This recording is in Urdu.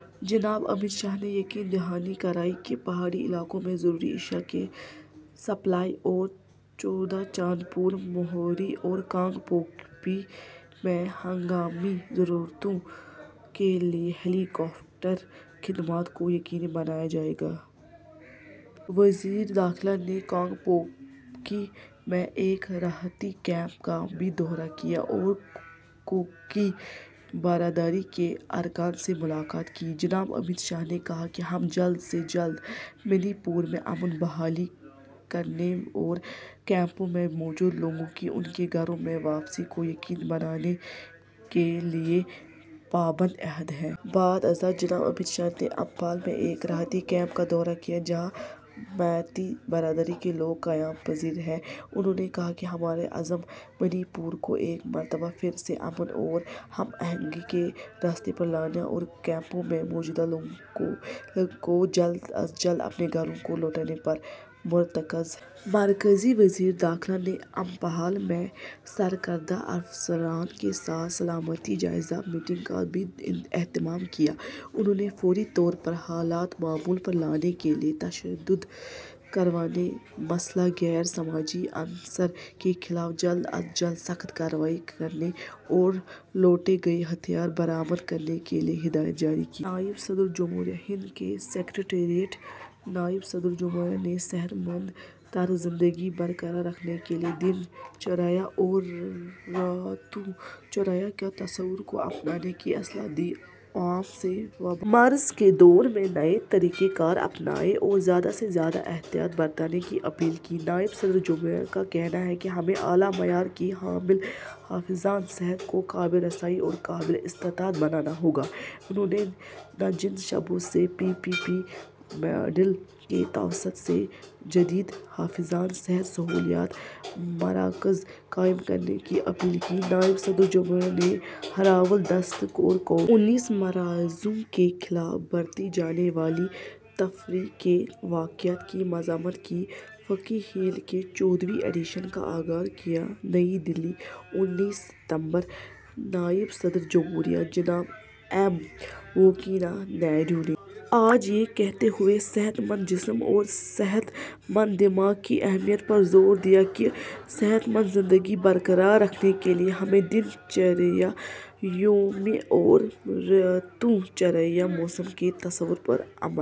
جناب امت شاہ نے یقین دہانی کرائی کہ پہاڑی علاقوں میں ضروری اشیاء کی سپلائی اور چوڑاچاندپور، موریھ اور کانگ پوکپی میں ہنگامی ضرورتوں کے لیے ہیلی کاپٹر خدمات کو یقینی بنایا جائے گا۔ وزیر داخلہ نے کانگ پوکپی میں ایک راحتی کیمپ کا بھی دورہ کیا اور کوکی برادری کے اراکین سے ملاقات کی۔ جناب امت شاہ نے کہا کہ ہم جلد سے جلد منی پور میں امن بحال کرنے اور کیمپوں میں موجود لوگوں کی ان کے گھروں میں واپسی کو یقینی بنانے کے لیے پابند عہد ہیں۔ بعد ازاں، جناب امت شاہ نے امپھال میں ایک راحتی کیمپ کا دورہ کیا جہاں میتئی برادری کے لوگ قیام پذیر ہیں۔ انہوں نے کہا کہ ہمارا عزم منی پور کو ایک مرتبہ پھر سے امن اور ہم آہنگی کے راستے پر لانے اور کیمپوں میں موجود لوگوں کے جلد از جلد اپنے گھروں کو لوٹنے پر مرتکز ہے۔ مرکزی وزیر داخلہ نے امپھال میں سرکردہ افسران کے ساتھ سلامتی جائزہ میٹنگ کا بھی اہتمام کیا۔ انہوں نے فوری طور پر حالات معمول پر لانے کے لیے تشدد روکنے، مسلح غیر سماجی عناصر کے خلاف جلد از جلد سخت کاروائی کرنے، اور لوٹے گئے ہتھیار برآمد کرنے کے لیے ہدایت جاری کی۔ نائب صدر جمہوریہ ہند کا سکریٹریٹ نائب صدر جمہوریہ نے صحت مند طرز زندگی برقرار رکھنے کے لئے ''دن چریہ'' اور ''ریتو چریہ'' کے تصور کو اپنانے کی صلاح دی عوام سے وبائی مرض کے دور میں نئے طریقۂ کار اپنانے اور زیادہ سے زیادہ احتیاط برتنے کی اپیل کی نائب صدر جمہوریہ کا کہنا ہے کہ ہمیں اعلیٰ معیار کی حامل حفظان صحت کو قابل رسائی اور قابل استطاعت بنانا ہوگا انہوں نے نجی شعبے سے پی پی پی ماڈل کے توسط سے جدید حفظانِ صحت سہولیاتی مراکز قائم کرنے کی اپیل کی نائب صدر جمہوریہ نے ہراول دستے اور کووِڈ۔ انیس مریضوں کے خلاف برتی جانے والی تفریق کے واقعات کی مزمت کی فکی ہیل کے چودہویں ایڈیشن کا آغاز کیا نئی دہلی، انتیس ستمبر: نائب صدر جمہوریہ جناب ایم وینکیا نائیڈو نے آج یہ کہتے ہوئے صحت مند جسم اور صحت مند دماغ کی اہمیت پر زور دیا کہ ''صحت مند زندگی برقرار رکھنے کے لئے ہمیں ''دن چریہ'' – یومیہ اور ''ریتو چریہ''- موسمی کے تصور پر عمل